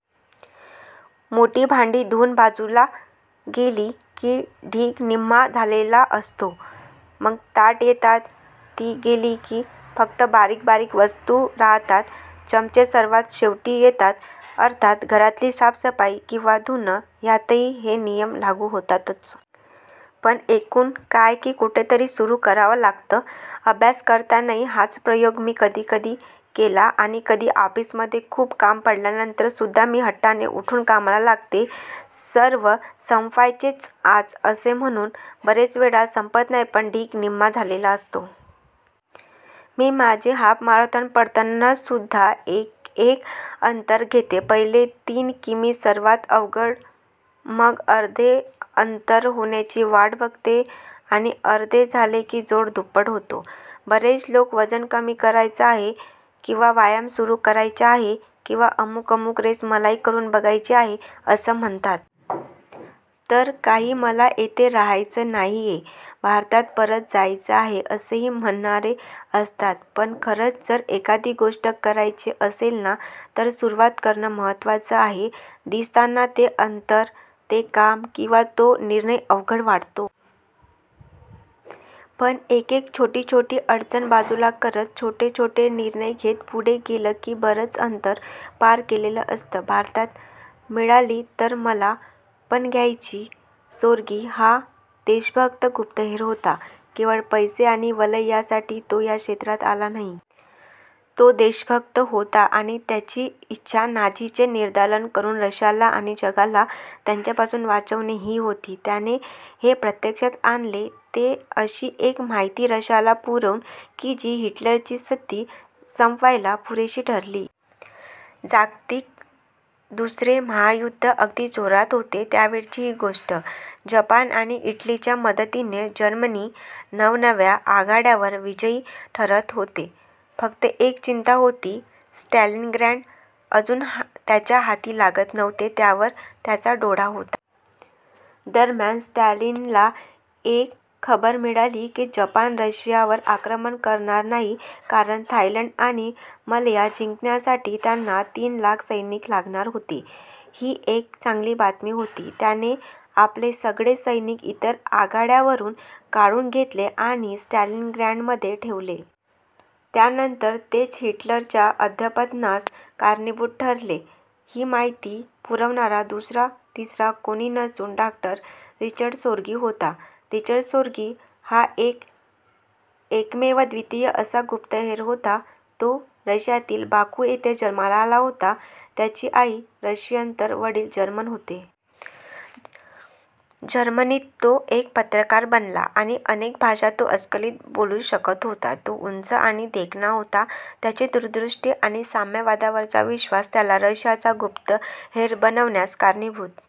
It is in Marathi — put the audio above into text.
मोठी भांडी धुवून बाजूला गेली की ढीग निम्मा झालेला असतो. मग ताटं येतात. ती गेली की फक्त बारीक बारीक वस्तू राहतात. चमचे सर्वात शेवटी येतात. अर्थात घरातली साफसफाई किंवा धुणं यांतही हे नियम लागू होतातच. पण एकून काय की कुठेतरी सुरू करावं लागतं. अभ्यास करतानाही हाच प्रयोग मी कधीकधी केला आणि कधी ऑफिसमध्ये खूप काम पडल्यावर सुद्धा मी हट्टाने उठून कामाला लागते सर्व संपवायचेच आज असे म्हणून. बरेच वेळा संपत नाही पण ढीग निम्मा झालेला असतो. मी माझी हाफ मॅरेथॉन पळताना सुद्धा एकेक अंतर घेते. पहिले तीन किमी सर्वात अवघड मग अर्धे अंतर होण्याची वाट बघते आणि अर्धे झाले की जोर दुप्पट होतो. बरेच लोक वजन कमी करायचं आहे किंवा व्यायाम सुरू करायचा आहे किंवा अमुक अमुक रेस मलाही करून बघायची आहे असं म्हणतात. तर काही मला इथे राहायचं नाहीये, भारतात परत जायचं आहे असंही म्हणणारे असतात पण खरंच जर एखादी गोष्ट करायची असेल न तर सुरुवात करणं महत्त्वाचं आहे. दिसताना ते अंतर, ते काम किंवा तो निर्णय अवघड वाटतो. पण एकेक छोटी छोटी अडचण बाजूला करत, छोटे छोटे निर्णय घेत पुढे गेलं की बरंच अंतर पार केलेलं असतं. भारतात मिळाली तर मला पण घ्यायचीय. सोर्गि हा देशभक्त गुप्तहेर होता. केवळ पैसे आणि वलय यासाठी तो या क्षेत्रात आला नाही. तो देशभक्त होता आणि त्याची इच्छा नाझींचे निर्दालन करून रशियाला आणि जगाला त्यांच्यापासून वाचवणे ही होती. त्याने हे प्रत्यक्षात आणले ते अशी एक माहिती रशियाला पुरवून की जी हिटलरची सद्दी संपवायला पुरेशी ठरली. जागतिक दुसरे महायुद्ध अगदी जोरात होते त्यावेळची ही गोष्ट. जपान आणि इटलीच्या मदतीने जर्मनी नवनव्या आघाड्यांवर विजयी ठरत होते. फक्त एक चिंता होती, स्टॅलिनग्राड अजून त्यांच्या हाती लागत नव्हते. त्यावर त्यांचा डोळा होता. दरम्यान स्टॅलिनला एक खबर मिळाली की जपान रशियावर आक्रमण करणार नाही कारण थायलंड आणि मलया जिंकण्यासाठी त्यांना तीन लाख सैनिक लागणार होते. ही एक चांगली बातमी होती. त्याने आपले सगळे सैनिक इतर आघाड्यांवरून काढून घेतले आणि स्टॅलिनग्राडमध्ये ठेवले. त्यानंतर तेच हिटलरच्या अधःपतनास कारणीभूत ठरले. ही माहिती पुरवणारा दुसरा तिसरा कोणी नसून डॉ. रिचर्ड सोर्गि होता. रिचर्ड सोर्गि हा एक एकमेवाद्वितीय असा गुप्तहेर होता. तो रशियातील बाकू येथे जन्माला आला होता. त्याची आई रशियन तर वडील जर्मन होते. जर्मनीत तो एक पत्रकार बनला आणि अनेक भाषा तो अस्खलित बोलू शकत होता. तो उंच आणि देखणा होता. त्याची दूरदृष्टी आणि साम्यवादावरचा विश्वास त्याला रशियाचा गुप्तहेर बनवण्यास कारणीभूत